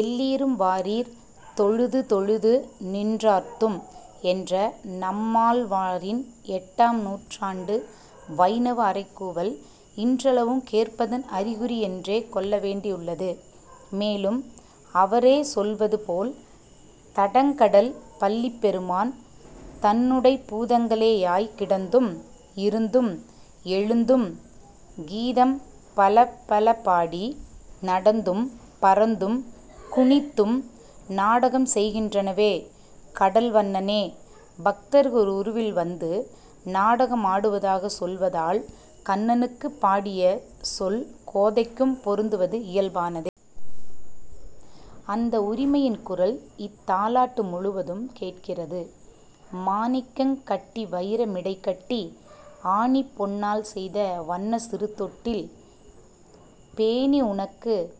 எல்லீரும் வாரீர், தொழுது, தொழுது நின்றார்த்தும்! " என்ற நம்மாழ்வாரின் எட்டாம் நூற்றாண்டு வைணவ அறைகூவல் இன்றளவும் கேட்பதன் அறிகுறியென்றே கொள்ள வேண்டியுள்ளது. மேலும் அவரே சொல்வது போல், "தடங்கடல் பள்ளிப் பெருமான், தன்னுடைப் பூதங்களேயாய் கிடந்தும், இருந்தும், எழுந்தும், கீதம் பலபல பாடி, நடந்தும், பரந்தும், குனித்தும் நாடகம் செய்கின்றனவே" கடல் வண்ணனே, பக்தர்கள் உருவில் வந்து நாடகம் ஆடுவதாகச் சொல்வதால், கண்ணனுக்குப் பாடிய சொல் கோதைக்கும் பொருந்துவது இயல்பானதே. அந்த உரிமையின் குரல் இத்தாலாட்டு முழுவதும் கேட்கிறது. மாணிக்கங் கட்டிவயிர மிடைக்கட்டி ஆணிப்பொன் னால்செய்த வண்ணச் சிறுதொட்டில் பேணி யுனக்குப்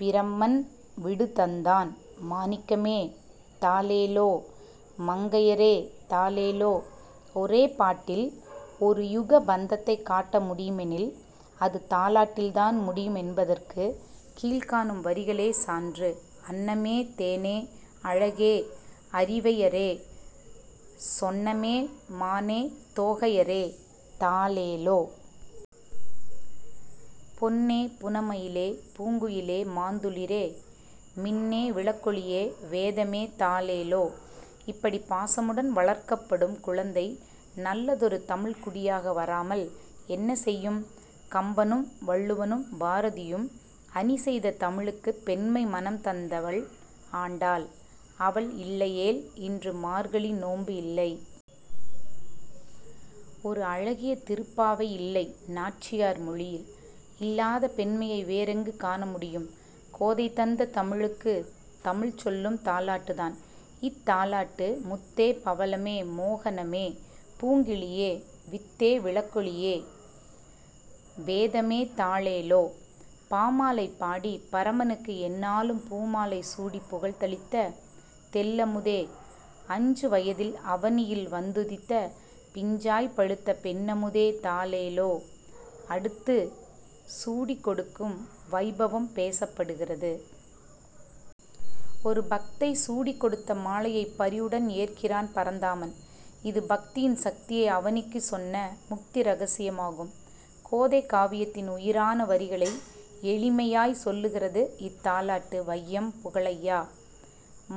பிரமன் விடுதந்தான் மாணிக்கமே தாலேலோ மங்கையரே தலேலோ, ஒரே பாட்டில் ஒரு யுக பந்தத்தைக் காட்ட முடியுமெனில் அது தாலாட்டில்தான் முடியும் என்பதற்கு கீழ்க்காணும் வரிகளே சான்று; அன்னமே தேனே அழகே அரிவையரே சொன்னமே மானே தோகையரே தாலேலோ. பொன்னே புனமயிலே பூங்குயிலே மாந்துளிரே மின்னே விளக்கொளியே வேதமே தாலேலோ, இப்படிப் பாசமுடன் வளர்க்கப்படும் குழந்தை நல்லதொரு தமிழ்க் குடியாக வராமல் என்ன செய்யும்? கம்பனும், வள்ளுவனும், பாரதியும் அணி செய்த தமிழுக்குப் பெண்மை மணம் தந்தவள் ஆண்டாள். அவள் இல்லையேல் இன்று மார்கழி நோன்பு இல்லை. ஒரு அழகிய திருப்பாவையில்லை. நாச்சியார் மொழியில் இல்லாத பெண்மையை வேறெங்கு காணமுடியும்? கோதை தந்த தமிழுக்கு, தமிழ் சொல்லும் தாலாட்டுதான், இத்தாலாட்டு: முத்தே பவளமே மோகனமே பூங்கிளியே வித்தே விளக்கொளியே வேதமே தாலேலோ, "பாமாலை பாடிப் பரமனுக்கு என்னாளும் பூமாலை சூடிப் புகழ்தளித்த தெள்ளமுதே"!! அஞ்சு வயதில் அவனியில் வந்துதித்த பிஞ்சாய்ப் பழுத்த பெண்ணமுதே தாலேலோ, அடுத்து, சூடிக் கொடுக்கும் வைபவம் பேசப் படுகிறது. ஒரு பக்தை சூடிக் கொடுத்த மாலையைப் பரிவுடன் ஏற்கிறான் பரந்தாமன். இது பக்தியின் சக்தியை அவனிக்குச் சொன்ன முக்தி இரகசியமாகும். கோதை காவியத்தின் உயிரான வரிகளை எளிமையாய் சொல்கிறது இத்தாலாட்டு: வையம் புகழய்யா!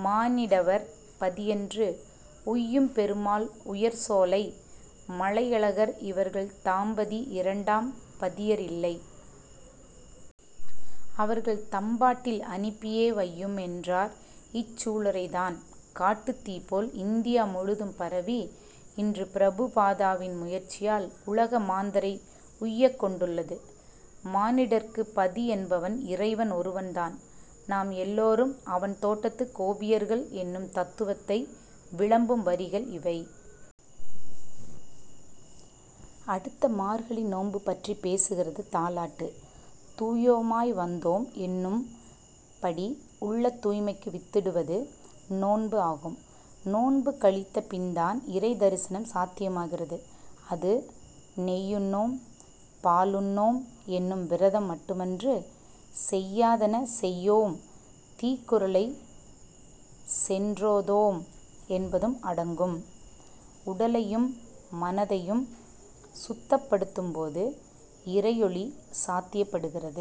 மானிடவர் பதியன்று. "உய்யும் பெருமாள் உயர்சோலை மலையழகர் இவர்கள் தாம்பதி இரண்டாம் பதியரில்லை!! அவர்கள் தம்பாட்டில் அனுப்பியே வையும்!!! என்றார் இச்சூளுரைதான், காட்டுத்தீ போல் இந்தியா முழுதும் பரவி, இன்று பிரபு பாதாவின் முயற்சியால் உலக மாந்தரை உய்யக் கொண்டுள்ளது. மானிடர்க்குப் பதி என்பவன் இறைவன் ஒருவன்தான். நாம் எல்லோரும் அவன் தோட்டத்து கோபியர்கள் என்னும் தத்துவத்தை விளம்பும் வரிகள் இவை. அடுத்து மார்கழி நோன்பு பற்றிப் பேசுகிறது தாலாட்டு. "தூயோமாய் வந்தோம்" என்னும்படி உள்ளத் தூய்மைக்கு வித்திடுவது நோன்பு ஆகும். நோன்பு கழித்த பின்தான் இறைத் தரிசனம் சாத்தியமாகிறது. அது "நெய்யுண்ணோம், பாலுண்ணோம்" என்னும் விரதம் மட்டுமன்று, "செய்யாதன செய்யோம், தீக்குறளை சென்றோதோம்" என்பதும் அடங்கும். உடலையும், மனதையும் சுத்தப் படுத்தும் போது இறையொளி சாத்தியப் படுகிறது.